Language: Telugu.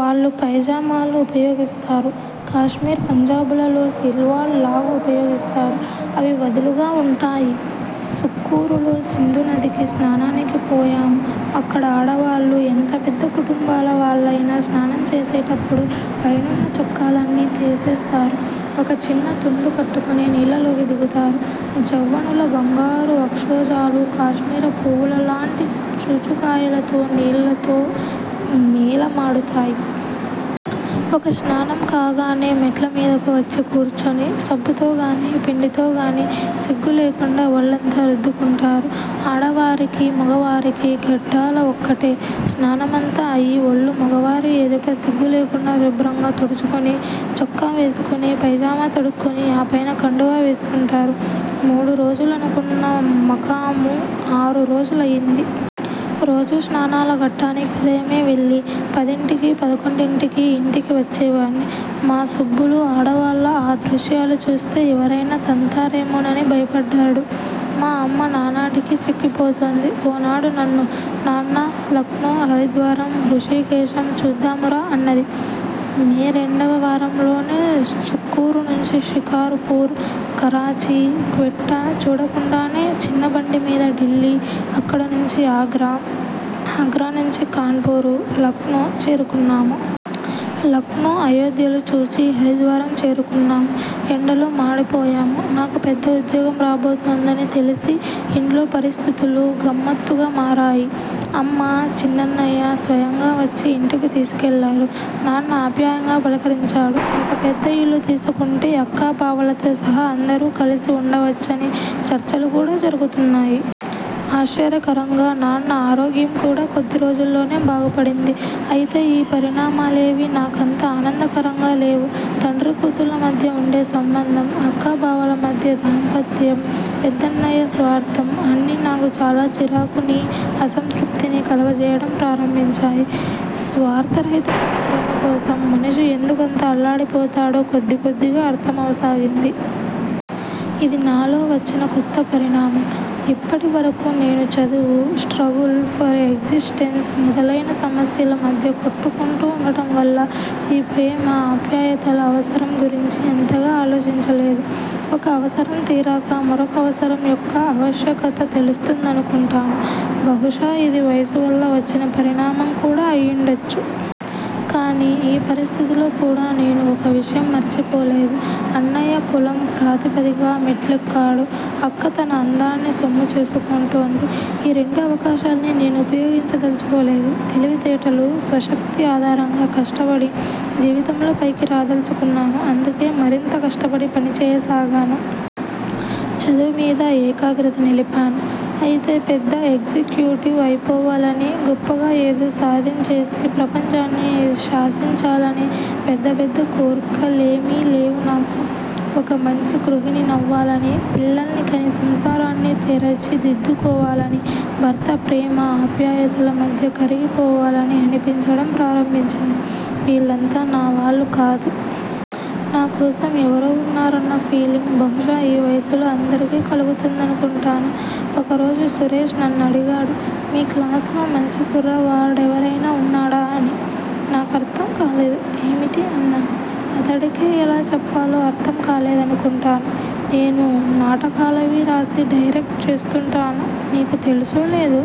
వాళ్ళు పైజామాలు ఉపయోగిస్తారు. కాశ్మీర్ పంజాబులలో సిల్వాల్ లాగు ఉపయోగిస్తారు, అవి వదులుగా వుంటాయి. సుక్కూరులో సింధునదికి స్నానానికి పోయాము. అక్కడ ఆడవాళ్ళు ఎంత పెద్ద కుటుంబాల వాళ్ళయినా స్నానం చేసేటప్పుడు పైనున్న చొక్కాలన్నీ తెసేస్తారు. ఒక చిన్న తుండు కట్టుకొని నీళ్ళలోకి దిగుతారు. జవ్వనుల బంగారు వక్షోజాలు కాశ్మీర పూవులలాంటి చూచుకాయలతో నీళ్ళతో మేలమాడుతాయి. ఒక స్నానం కాగానే మెట్లమీదకు వచ్చి కూర్చొని, సబ్బుతోగాని, పిండితోగాని సిగ్గు లేకుండా ఒళ్ళంతా రుద్దుకుంటారు. ఆడవారికీ, మొగవారికీ ఘట్టాలు ఒక్కటే! స్నానమంతా అయి ఒళ్ళు మొగవారి ఎదుట సిగ్గు లేకుండా శుభ్రంగా తుడుచుకొని చొక్కా వేసుకొని, పైజమా తొడుక్కొని ఆపైన కండువా వేసుకుంటారు. మూడు రోజులనుకున్న మకాము ఆరు రోజులయింది. రోజూ స్నానాల ఘట్టానికి ఉదయమే వెళ్ళి, పదింటికి, పదకొండింటికి ఇంటికి వచ్చేవాణ్ణి. మా సుబ్బులు ఆడవాళ్ళ ఆ దృశ్యాలు చుస్తే ఎవరైనా తంతారేమోనని భయపడ్డాడు. మా అమ్మ నానాటికి చిక్కిపోతోంది. ఓనాడు నన్ను '' నాన్నా! లక్నో, హరిద్వారం, హృషీకేశం చూద్దామురా? '' అన్నది. మే రెండవ వారంలోనే సుక్కూరు నుంచి షికార్ పూర్, కరాచీ, క్వెట్టా చూడకుండానే చిన్న బండిమీద ఢిల్లీ, అక్కడనుంచి ఆగ్రా, ఆగ్రానుంచి కాన్పూరు, లక్నో చేరుకున్నాము. లక్నో అయోధ్యలు చూచి హరిద్వారం చేరుకున్నాము. ఎండలో మాడిపోయాము. నాకు పెద్ద ఉద్యోగం రాబోతోందని తెలిసి ఇంట్లో పరిస్థితులు గమ్మత్తుగా మారాయి. అమ్మ, చిన్నన్నయ్య స్వయంగా వచ్చి ఇంటికి తీసుకెళ్ళారు. నాన్న ఆప్యాయంగా పలకరించాడు. ఒక పెద్ద ఇల్లు తీసుకుంటే అక్కా బావలతో సహా అందరూ కలసి వుండవచ్చనే చర్చలు కూడా జరుగుతున్నాయి. ఆశ్చర్యకరంగా నాన్న ఆరోగ్యంకూడా కొద్దిరోజుల్లోనే బాగుపడింది. అయితే ఈ పరిణామాలేవీ నా కంత ఆనందకరంగా లేవు. తండ్రీ కూతుళ్ళ మధ్య వుండే సంబంధం, అక్కా బావల మధ్య దాంపత్యం, పెద్దన్నయ్య స్వార్థం- అన్నీ నాకు చాలా చిరాకునీ, అసంతృప్తినీ కలగజేయడం ప్రారంభించాయి. స్వార్థరహితమైన ప్రేమకోసం మనిషి ఎందుకంత అల్లాడిపోతాడో కొద్దికొద్దిగా అర్థమవసాగింది. ఇది నాలో వచ్చిన కొత్త పరిణామం. ఇప్పటి వరకూ నేను చదువు, స్ట్రగుల్ ఫర్ ఎగ్జిస్టెన్స్ మొదలైన సమస్యల మధ్య కొట్టుకుంటూ వుండటంవల్ల ఈ ప్రేమ, ఆప్యాయతల అవసరం గురించి అంతగా ఆలోచించలేదు. ఒక అవసరం తీరాక మరొక అవసరం యొక్క ఆవశ్యకత తెలుస్తుందనుకుంటాను. బహుశా ఇది వయసువల్ల వచ్చిన పరిణామం కూడా అయ్యుండచ్చు. కానీ ఈ పరిస్థితిలో కూడా నేను ఒక విషయం మరచిపోలేదు. అన్నయ్య కులం ప్రాతిపదికగా మెట్లెక్కాడు. అక్క తన అందాన్ని సొమ్ము చేసుకుంటోంది. ఈ రెండు అవకాశాల్నీ నేను ఉపయోగించదల్చుకోలేదు. తెలివితేటలు, స్వశక్తి ఆధారంగా కష్టపడి జీవితంలో పైకి రాదల్చుకున్నాను. అందుకే మరింత కష్టపడి పనిచేయసాగాను. చదువుమీద ఏకాగ్రత నిలిపాను. అయితే పెద్ద ఎగ్జిక్యూటివ్ అయిపోవాలనీ, గొప్పగా ఏదో సాధించేసి ప్రపంచాన్ని శాసించాలనీ పెద్ద పెద్ద కోర్కెలేమీ లేవు నాకు. ఒక మంచి గృహిణి నవ్వాలనీ, పిల్లల్ని కని సంసారాన్ని తెరచిదిద్దుకోవాలనీ, భర్త ప్రేమ, ఆప్యాయతల మధ్య కరిగిపోవాలనీ అనిపించడం ప్రారంభించింది. వీళ్ళంతా నా వాళ్ళు కాదు. నా కోసం ఎవరో వున్నారన్న ఫీలింగ్ బహుశా ఈ వయసులో అందరికీ కలుగుతుందనుకుంటాను. ఒక రోజు సురేష్ నన్నడిగాడు- మీ క్లాస్ లో మంచి కుర్రవాడెవరైనా వున్నాడా? అని. నా కర్థం కాలేదు. ఏమిటి? అన్నాను. అతడికే ఎలా చెప్పాలో అర్థం కాలేదనుకుంటాను. నేను నాటకాలవీ రాసి డైరెక్ట్ చేస్తూంటాను. నీకు తెలుసో, లేదో?